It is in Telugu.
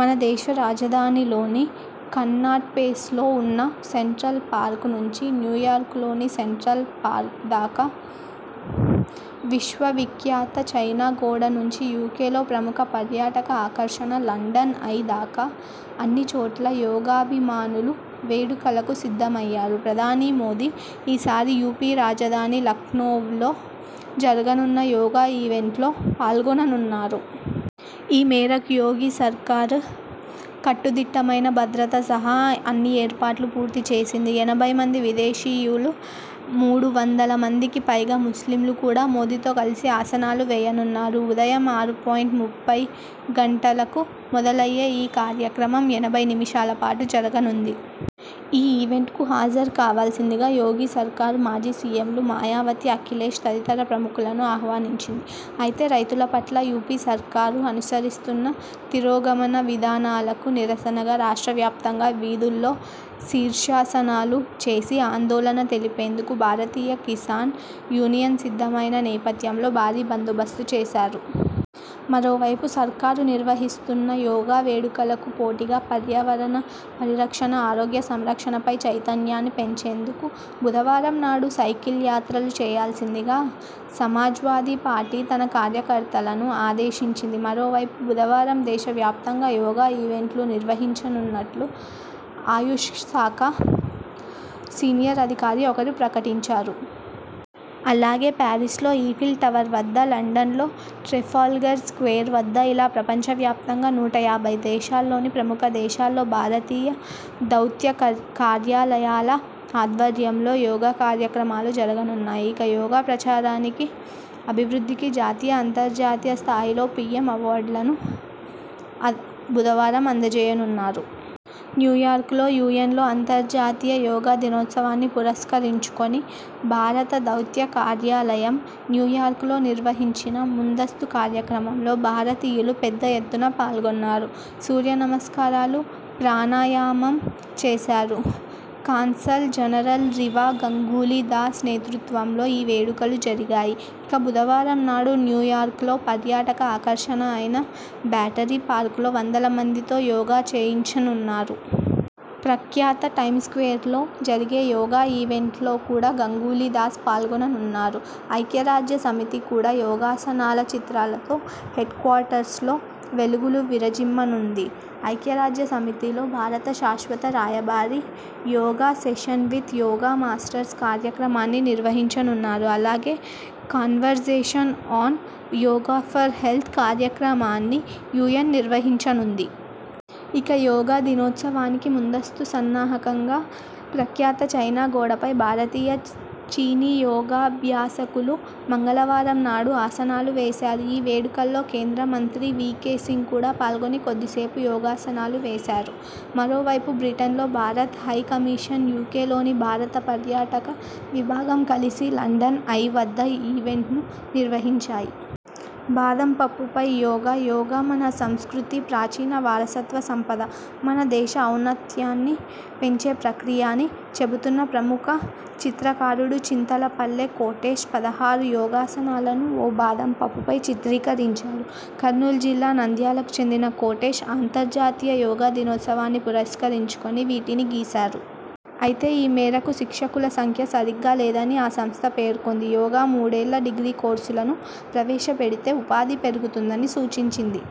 మన దేశ రాజధానిలోని కన్నాట్ప్లేస్లో ఉన్న సెంట్రల్ పార్క్ నుంచి న్యూయార్క్లోని సెంట్రల్ పార్క్దాకా విశ్వవిఖ్యాత చైనా గోడ నుంచి యూకేలో ప్రముఖ పర్యాటక ఆకర్షణ 'లండన్ ఐ' దాకా అన్ని చోట్ల యోగాభిమానులు వేడుకలకు సిద్ధమయ్యారు. ప్రధాని మోదీ ఈసారి యూపీ రాజధాని లఖ్నవ్లో జరగనున్న యోగా ఈవెంట్లో పాల్గొననున్నారు. ఈ మేరకు యోగి సర్కారు కట్టుదిట్టమైన భద్రత సహా అన్ని ఏర్పాట్లూ పూర్తిచేసింది. ఎనభై మంది విదేశీయులు, మూడు వందల మందికిపైగా ముస్లింలు కూడా మోదీతో కలిసి ఆసనాలు వేయనున్నారు. ఉదయం ఆరు పాయింట్ ముప్పై గంటలకు మొదలయ్యే ఈ కార్యక్రమం ఎనభై నిమిషాలపాటు జరగనుంది. ఈ ఈవెంట్కు హాజరు కావాల్సిందిగా యోగి సర్కారు మాజీ సీఎంలు మాయావతి, అఖిలేశ్ తదితర ప్రముఖులను ఆహ్వానించింది. అయితే రైతుల పట్ల యూపీ సర్కారు అనుసరిస్తున్న తిరోగమన విధానాలకు నిరసనగా రాష్ట్ర వ్యాప్తంగా వీధుల్లో శీర్షాసనాలు వేసి ఆందోళన తెలిపేందుకు భారతీయ కిసాన్ యూనియన్ సిద్ధమైన నేపథ్యంలో భారీ బందోబస్తు చేశారు. మరోవైపు.. సర్కారు నిర్వహిస్తున్న యోగా వేడుకలకు పోటీగా పర్యావరణ పరిరక్షణ, ఆరోగ్య సంరక్షణపై చైతన్యాన్ని పెంచేందుకు బుధవారం నాడు సైకిల్యాత్రలు చేయాల్సిందిగా సమాజ్వాదీ పార్టీ తన కార్యకర్తలను ఆదేశించింది. మరోవైపు బుధవారం దేశవ్యాప్తంగా యోగా ఈవెంట్లు నిర్వహించనున్నట్టు ఆయుష్ శాఖ సీనియర్ అధికారి ఒకరు ప్రకటించారు. అలాగే పారిస్ లో ఈఫిల్ టవర్ వద్ద, లండన్లో ట్రెఫాల్గర్ స్క్వేర్ వద్ద ఇలా ప్రపంచవ్యాప్తంగా నూట యాభై దేశాల్లోని ప్రముఖ ప్రదేశాల్లో భారతీయ దౌత్యకార్యాలయాల ఆధ్వర్యంలో యోగా కార్యక్రమాలు జరగనున్నాయి. ఇక యోగా ప్రచారానికి, అభివృద్ధికి జాతీయ, అంతర్జాతీయ స్థాయిలో పీఎం అవార్డులను బుధవారం అందజేయనున్నారు. న్యూయార్క్లో యూఎన్లో అంతర్జాతీయ యోగా దినోత్సవాన్ని పురస్కరించుకుని భారత దౌత్య కార్యాలయం న్యూయార్క్లో నిర్వహించిన ముందస్తు కార్యక్రమంలో భారతీయులు పెద్ద ఎత్తున పాల్గొన్నారు. సూర్యనమస్కారాలు, ప్రాణాయామం చేశారు. కాన్సల్ జనరల్ రివా గంగూలీ దాస్ నేతృత్వంలో ఈ వేడుకలు జరిగాయి. ఇక బుధవారం నాడు న్యూయార్క్లో పర్యాటక ఆకర్షణ అయిన బ్యాటరీ పార్క్లో వందలమందితో యోగా చేయించనున్నారు. ప్రఖ్యాత టైమ్స్స్క్వేర్లో జరిగే యోగా ఈవెంట్లో కూడా గంగూలీ దాస్ పాల్గొననున్నారు. ఐక్యరాజ్యసమితి కూడా యోగాసనాల చిత్రాలతో హెడ్క్వార్టర్స్లో వెలుగులు విరజిమ్మనుంది. ఐక్యరాజ్యసమితిలో భారత శాశ్వత రాయబారి 'yoga session with yoga masters' కార్యక్రమాన్ని నిర్వహించనున్నారు. అలాగే 'conversation on yoga for health' కార్యక్రమాన్ని యూఎన్ నిర్వహించనుంది. ఇక యోగా దినోత్సవానికి ముందస్తు సన్నాహకంగా ప్రఖ్యాత చైనా గోడపై భారతీయ, చీనీ యోగాభ్యాసకులు మంగళవారం నాడు ఆసనాలు వేశారు. ఈ వేడుకల్లో కేంద్ర మంత్రి వీకే సింగ్ కూడా పాల్గొని కొద్దిసేపు యోగాసనాలు వేశారు. మరోవైపు బ్రిటన్లో భారత్ హై కమిషన్, యూకేలోని భారత పర్యాటక విభాగం కలిసి లండన్ ఐ వద్ద యోగా ఈవెంట్ను నిర్వహించాయి. బాదం పప్పుపై యోగా! యోగా మన సంస్కృతి. ప్రాచీన వారసత్వ సంపద. మన దేశ ఔన్నత్యాన్ని పెంచే ప్రక్రియ అని చెబుతున్న ప్రముఖ చిత్రకారుడు చింతలపల్లె కోటేశ్ పదహారు యోగాసనాలను ఓ బాదం పప్పుపై చిత్రీకరించారు. కర్నూలు జిల్లా నంద్యాలకు చెందిన కోటేశ్ అంతర్జాతీయ యోగా దినోత్సవాన్ని పురస్కరించుకుని వీటిని గీశారు. అయితే ఈ మేరకు శిక్షకుల సంఖ్య సరిగ్గా లేదని ఆ సంస్థ పేర్కొంది. యోగా మూడేళ్ల డిగ్రీ కోర్సులను ప్రవేశపెడితే ఉపాధి పెరుగుతుందని సూచించింది.